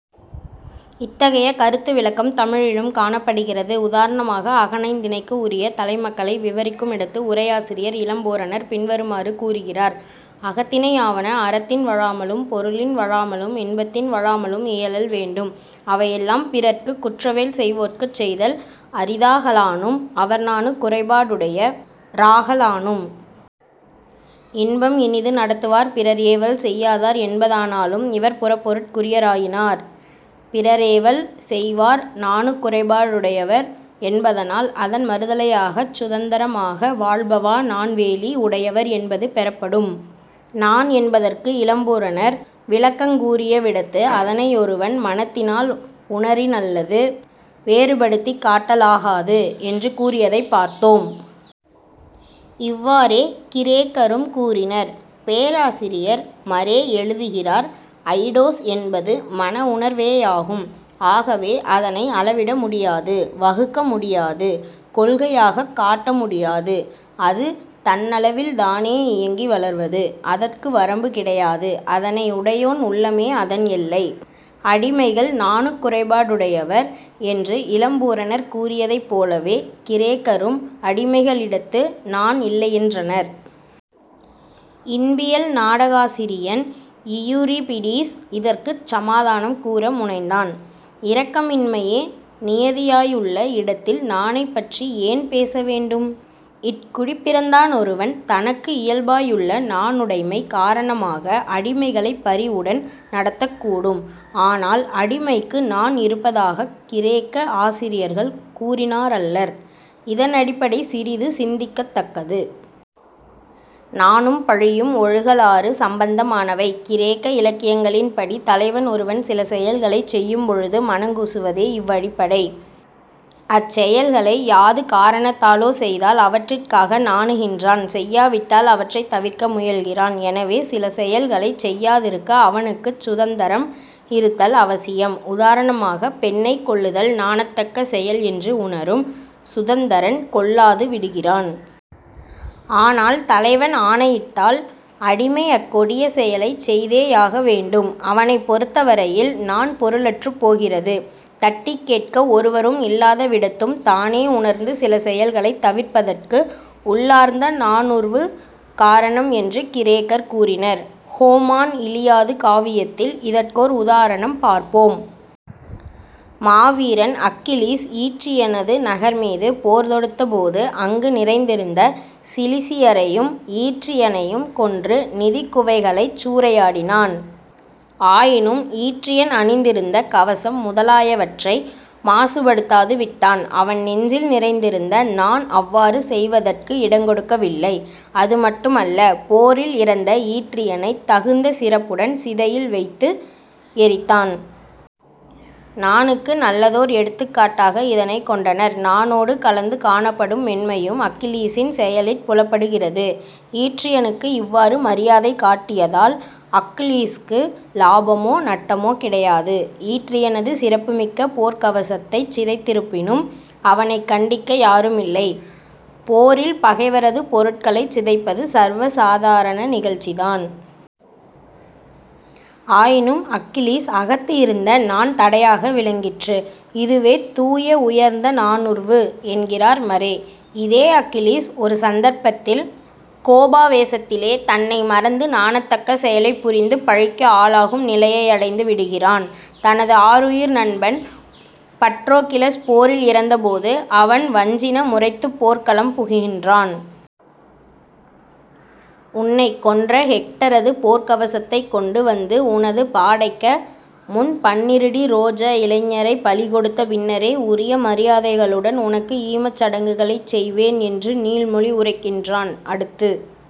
இத்தகைய கருத்து விளக்கம் தமிழிலும் காணப்படுகிறது. உதாரணமாக அகனைந்திணைக்கு உரிய தலைமக்களை விவரிக்குமிடத்து உரையாசிரியர் இளம்பூரணர் பின்வருமாறு கூறுகிறார். "அகத்திணையாவன அறத்தின் வழாமலும் பொருளின் வழாமலும் இன்பத்தின் வழாமலும் இயலல் வேண்டும்; அவையெல்லாம் பிறர்க்குக் குற்றவேல் செய்வோர்க்குச் செய்தல் அரிதாகலானும், அவர் நாணுக் குறைபாடுடைய ராகலானும்.... இன்பம் இனிது நடத்துவார் பிறர் ஏவல் செய்யாதார் என்பதானாலும், இவர் புறப்பொருட் குரியராயினார். " பிறரேவல் செய்வார் நாணுக்குறைபாடுடையவர் என்பதனால், அதன் மறுதலையாகச் சுதந்தரமாக வாழ்பவா நாண்வேலி உடையவர் என்பது பெறப்படும். நாண் என்பதற்கு இளம்பூரணர் விளக்கங்கூறியவிடத்து, அதனையொருவன் 'மனத்தினால் உணரினல்லது வேறுபடுத்திக் காட்டலாகாது' என்று கூறியதைப் பார்த்தோம். இவ்வாறே கிரேக்கரும் கூறினர். பேராசிரியர் மறே எழுதுகிறார்: "அயிடோஸ் என்பது மன உணர்வேயாகும்; ஆகவே அதனை அளவிடமுடியாது; வகுக்க முடியாது; கொள்கையாகக் காட்ட முடியாது. அது தன்னளவில்தானே இயங்கி வளர்வது. அதற்கு வரம்பு கிடையாது. அதனை உடையோன் உள்ளமே அதன் எல்லை. " அடிமைகள் நாணுக்குறைபாடுடையவர் என்று இளம்பூரணர் கூறியதைப் போலவே கிரேக்கரும் அடிமைகளிடத்து நாண் இல்லையென்றனர். இன்பியல் நாடகாசிரியன் இயூரிபிடீஸ் இதற்குச் சமாதானம் கூற முனைந்தான். "இரக்கமின்மையே நியதியாயுள்ள இடத்தில் நாணைப் பற்றி ஏன் பேசவேண்டும்? " இற்குடிப்பிறந்தானொருவன் தனக்கு இயல்பாயுள்ள நாணுடைமை காரணமாக அடிமைகளைப் பரிவுடன் நடத்தக்கூடும். ஆனால் அடிமைக்கு நாண் இருப்பதாகக் கிரேக்க ஆசிரியர்கள் கூறினாரல்லர். இதனடிப்படை சிறிது சிந்திக்கத் தக்கது. நாணும் பழியும் ஒழுகலாறு சம்பந்தமானவை. கிரேக்க இலக்கியங்களின்படி தலைவன் ஒருவன் சில செயல்களைச் செய்யும்பொழுது மனங்கூசுவதே இவ்வடிப்படை. அச்செயல்களை யாது காரணத்தாலோ செய்தால் அவற்றிற்காக நாணுகின்றான்; செய்யாவிட்டால் அவற்றைத் தவிர்க்க முயல்கிறான். எனவே, சில செயல்களைச் செய்யாதிருக்க அவனுக்குச் சுதந்தரம் இருத்தல் அவசியம். உதாரணமாக, பெண்ணைக் கொல்லுதல் நாணத்தக்க செயல் என்று உணரும் சுதந்தரன் கொல்லாது விடுகிறான். ஆனால் தலைவன் ஆணையிட்டால் அடிமை அக்கொடிய செயலைச் செய்தேயாக வேண்டும். அவனைப் பொறுத்தவரையில் நாண் பொருளற்றுப் போகிறது. தட்டிக் கேட்க ஒருவரும் இல்லாதவிடத்தும் தானே உணர்ந்து சில செயல்களைத் தவிர்ப்பதற்கு உள்ளார்ந்த நாணுர்வு காரணம் என்று கிரேக்கர் கூறினர். ஹோமான் இலியாது காவியத்தில் இதற்கோர் உதாரணம் பார்ப்போம். மாவீரன் அக்கிலீஸ் ஈற்றியனது நகர்மீது போர்தொடுத்தபோது, அங்கு நிறைந்திருந்த சிலிசியரையும் ஈற்றியனையும் கொன்று, நிதிக் குவைகளைச் சூறையாடினான். ஆயினும் ஈற்றியன் அணிந்திருந்த கவசம் முதலாயவற்றை மாசுபடுத்தாது விட்டான். அவன் நெஞ்சில் நிறைந்திருந்த நாண் அவ்வாறு செய்வதற்கு இடங்கொடுக்கவில்லை. அது மட்டுமல்ல. போரில் இறந்த ஈற்றியனைத் தகுந்த சிறப்புடன் சிதையில் வைத்து எரித்தான். நாணுக்கு நல்லதோர் எடுத்துக்காட்டாக இதனைக் கொண்டனர். நாணோடு கலந்து காணப்படும் மென்மையும் அக்கிலீசின் செயலிற் புலப்படுகிறது. ஈற்றியனுக்கு இவ்வாறு மரியாதை காட்டியதால் அக்க்லீசுக்கு லாபமோ நட்டமோ கிடையாது. ஈற்றியனது சிறப்புமிக்க போர்க்கவசத்தைச் சிதைத்திருப்பினும் அவனைக் கண்டிக்க யாருமில்லை. போரில் பகைவரது பொருட்களைச் சிதைப்பது சர்வ சாதாரண நிகழ்ச்சிதான். ஆயினும் அக்கிலீஸ் அகத்து இருந்த நாண் தடையாக விளங்கிற்று. "இதுவே தூய, உயர்ந்த நாணுர்வு" என்கிறார் மறே. இதே அக்கிலீஸ் ஒரு சந்தர்ப்பத்தில் கோபாவேசத்திலே தன்னை மறந்து நாணத்தக்க செயலைப் புரிந்து பழிக்கு ஆளாகும் நிலையையடைந்துவிடுகிறான். தனது ஆருயிர் நண்பன் பட்ரோகிளஸ் போரில் இறந்தபோது, அவன் வஞ்சின முரைத்துப் போர்க்களம் புகுகின்றான். "உன்னைக் கொன்ற ஹெக்டரது போர்க்கவசத்தைக் கொண்டு வந்து, உனது, பாடைக்க முன் பன்னிரு டிரோஜ இளைஞரைப் பலிகொடுத்த பின்னரே உரிய மரியதைகளுடன் உனக்கு ஈமக் சடங்குகளைச் செய்வேன்" என்று நீள்மொழி உரைக்கின்றான். அடுத்து